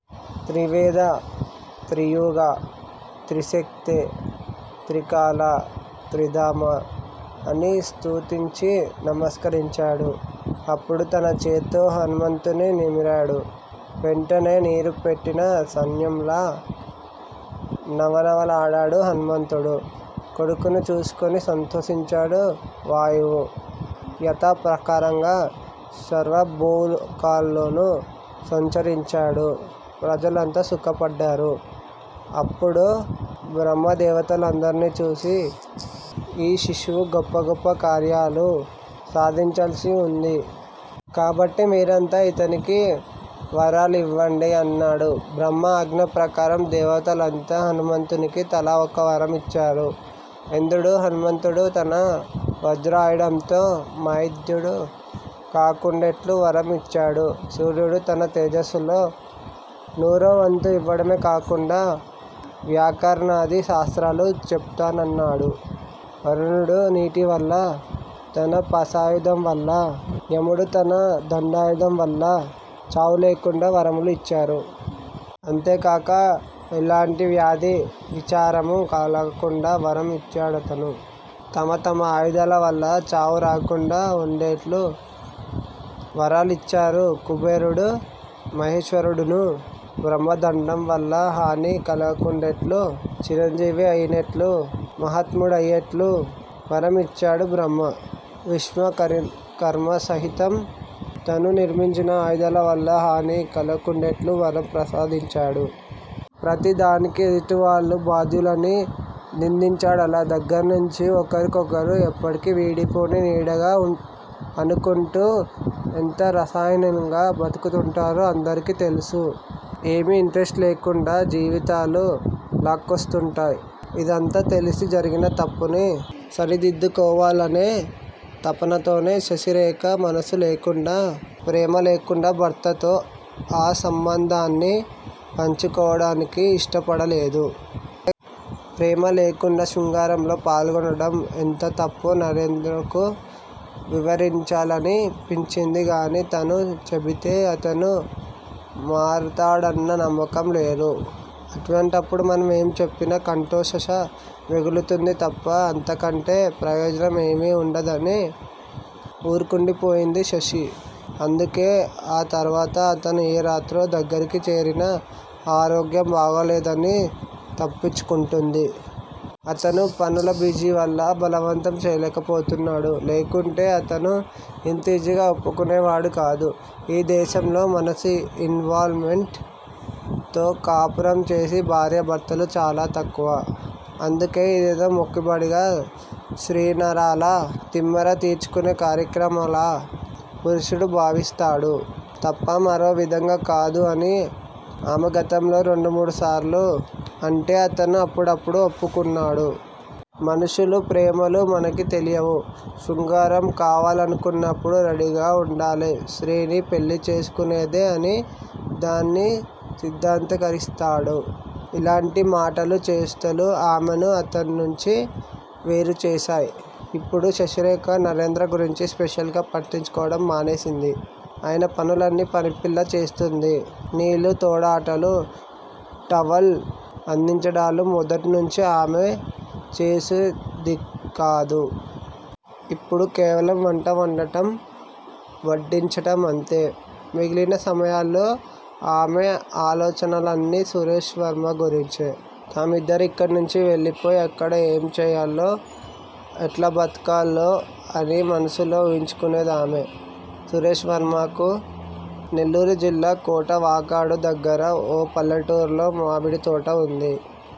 త్రివేదా? త్రియుగా? త్రిశక్తే! త్రికాలా! త్రిధామా! అని స్తుతించి నమస్కరించాడు. అప్పుడు తన చేత్తో హనుమంతుణ్ని నిమిరాడు. వెంటనే నీరు పెట్టిన సన్యంలా నవనవలాడాడు హనుమంతుడు కొడుకుని చూసుకొని సంతోషించాడు వాయువు. యథాప్రకారంగా సర్వభూలోకాల్లోనూ సంచరించాడు. ప్రజలంతా సుఖపడ్డారు. అప్పడు బ్రహ్మదేవతలందర్ని చూసి ఈ శిశువు గొప్ప గొప్ప కార్యాలు సాధించాల్సి వుంది. కాబట్టి మీరంతా ఇతనికి వరాలివ్వండి అన్నాడు. బ్రహ్మ ఆజ్ఞప్రకారం దేవతలంతా హనుమంతునికి తలా ఒకవరం ఇచ్చారు. ఇంద్రుడు హనుమంతుడు తన వజ్రాయుధంతో వధ్యుడు కాకుండేట్లు వరం ఇచ్చాడు సూర్యుడు తన తేజస్సులో నూరోవంతు ఇవ్వడమే కాకుండా వ్యాకరణాది శాస్త్రాలు చెపుతానన్నాడు. వరుణుడు నీటివల్లా, తన పాశాయుధంవల్లా యముడు తన దండాయుధంవల్ల చావులేకుండా వరములు ఇచ్చారు. అంతేకాక ఏలాంటి వ్యాధీ, విచారమూ కాలక్కుండా వరం ఇచ్చాడతను. తమ తమ ఆయుధాలవల్ల చావు రాకుండా వుండేట్లు వరాలిచ్చారు కుబేరుడూ, మహేశ్వరుడున్నూ, బ్రహ్మదండంవల్ల హాని కలక్కుండేట్లూ, చిరంజీవి అయ్యేట్లూ, మహాత్ముడయ్యేట్లూ వరం ఇచ్చాడు బ్రహ్మ. విశ్వకర్మ సహితం తాను నిర్మించిన ఆయుధాలవల్ల హాని కలక్కుండేట్లూ వరం ప్రసాదించాడు. ప్రతిదానికి ఎదుటివాళ్ళు బాధ్యులని నిందించడాల దగ్గర్నుంచి ఒకరి కొకరు ఎప్పటికి విడిపోని నీడగా అనుకుంటూ ఎంత రసహీనంగా బతుకుతుంటారో అందరికి తెలుసు. ఏమీ ఇంట్రెస్టు లేకుండా జీవితాలు లాక్కొస్తుంటాయి. ఇదంతా తెలిసి, జరిగిన తప్పుని సరిదిద్దుకోవాలనే తపనతోనే శశిరేఖ మనసు లేకుండా, ప్రేమ లేకుండా భర్తతో ఆ సంబంధాన్ని పంచుకోవడానికి ఇష్టపడలేదు. ప్రేమ లేకుండా శృంగారంలో పాల్గొనడం ఎంత తప్పో నరేంద్రకు వివరించాలనిపించింది గాని తను చెబితే అతను మారతాడన్న నమ్మకం లేదు. అటువంటప్పుడు మనం ఏం చెప్పినా కంఠశోష మిగులుతుంది తప్ప అంతకంటే ప్రయోజనం ఏమీ వుండదని ఊరుకుండిపోయింది శశి. అందుకే ఆ తర్వాత అతను ఏ రాత్రో దగ్గిరికి చేరినా ఆరోగ్యం బాగాలేదని తప్పించుకుంటోంది. అతనూ పనుల బిజివల్ల బలవంతం చేయలేకపోతున్నాడు. లేకుంటే అతను అంత ఈజీగా ఒప్పుకునేవాడుకాదు. ఈదేశంలో మనసు ఇన్వాల్ మెంట్ తో కాపురం చేసే భార్యభర్తలు చాలా తక్కువ. అందుకే ఇదేదో మొక్కుబడిగా స్త్రీనరాల తిమ్మెర తీర్చుకునే కార్యక్రమంలా పురుషుడూ భావిస్తాడు. తప్ప మరో విదంగా కాడు అని అమె గతంలో రెండు మూడు సార్లు అంటే అతనూ అప్పుడప్పుడూ ఒప్పుకున్నాడు. మనుషులూ, ప్రేమలూ, మనకి తెలియవు. శృంగారం కావాలనుకున్నప్పుడు రెడీగా వుండాలనే స్త్రీని పెళ్ళిచేసుకునేది అని దాన్ని సిద్దాంతికరిస్తాడు. ఇలాంటి మాటలు, చేష్టలు అమెను అతని నుంచి వేరుచేశాయి. ఇప్పుడు శశిరేఖ నరేంద్ర గురించి స్పెషల్ గా పట్టించుకోవడం మానేసింది. ఆయన పనులన్నీ పనిపిల్ల చేస్తుంది. నీళ్ళు తోడటాలు, టవల్ అందించడాలూ, మొదటినుంచీ అమె చేసేదికాదు. ఇప్పుడు కేవలం వంట వండటం, వడ్డించటం- అంతే. మిగిలిన సమయాల్లో అమె అలోచనలన్నీ సురేష్ వర్మ గురించే. తామిద్దరూ ఇక్కడ్నుంచి వెళ్ళిపోయి ఎక్కడ ఏం చేయాలో ఎట్లా బతకాలో అన్నీ మనసులో ఊహించుకునేదామె. సురేష్ వర్మకి నెల్లూరుజిల్లా కోటా వాకాడు దగ్గర ఓ పల్లెటూరిలో మామిడితోట వుంది.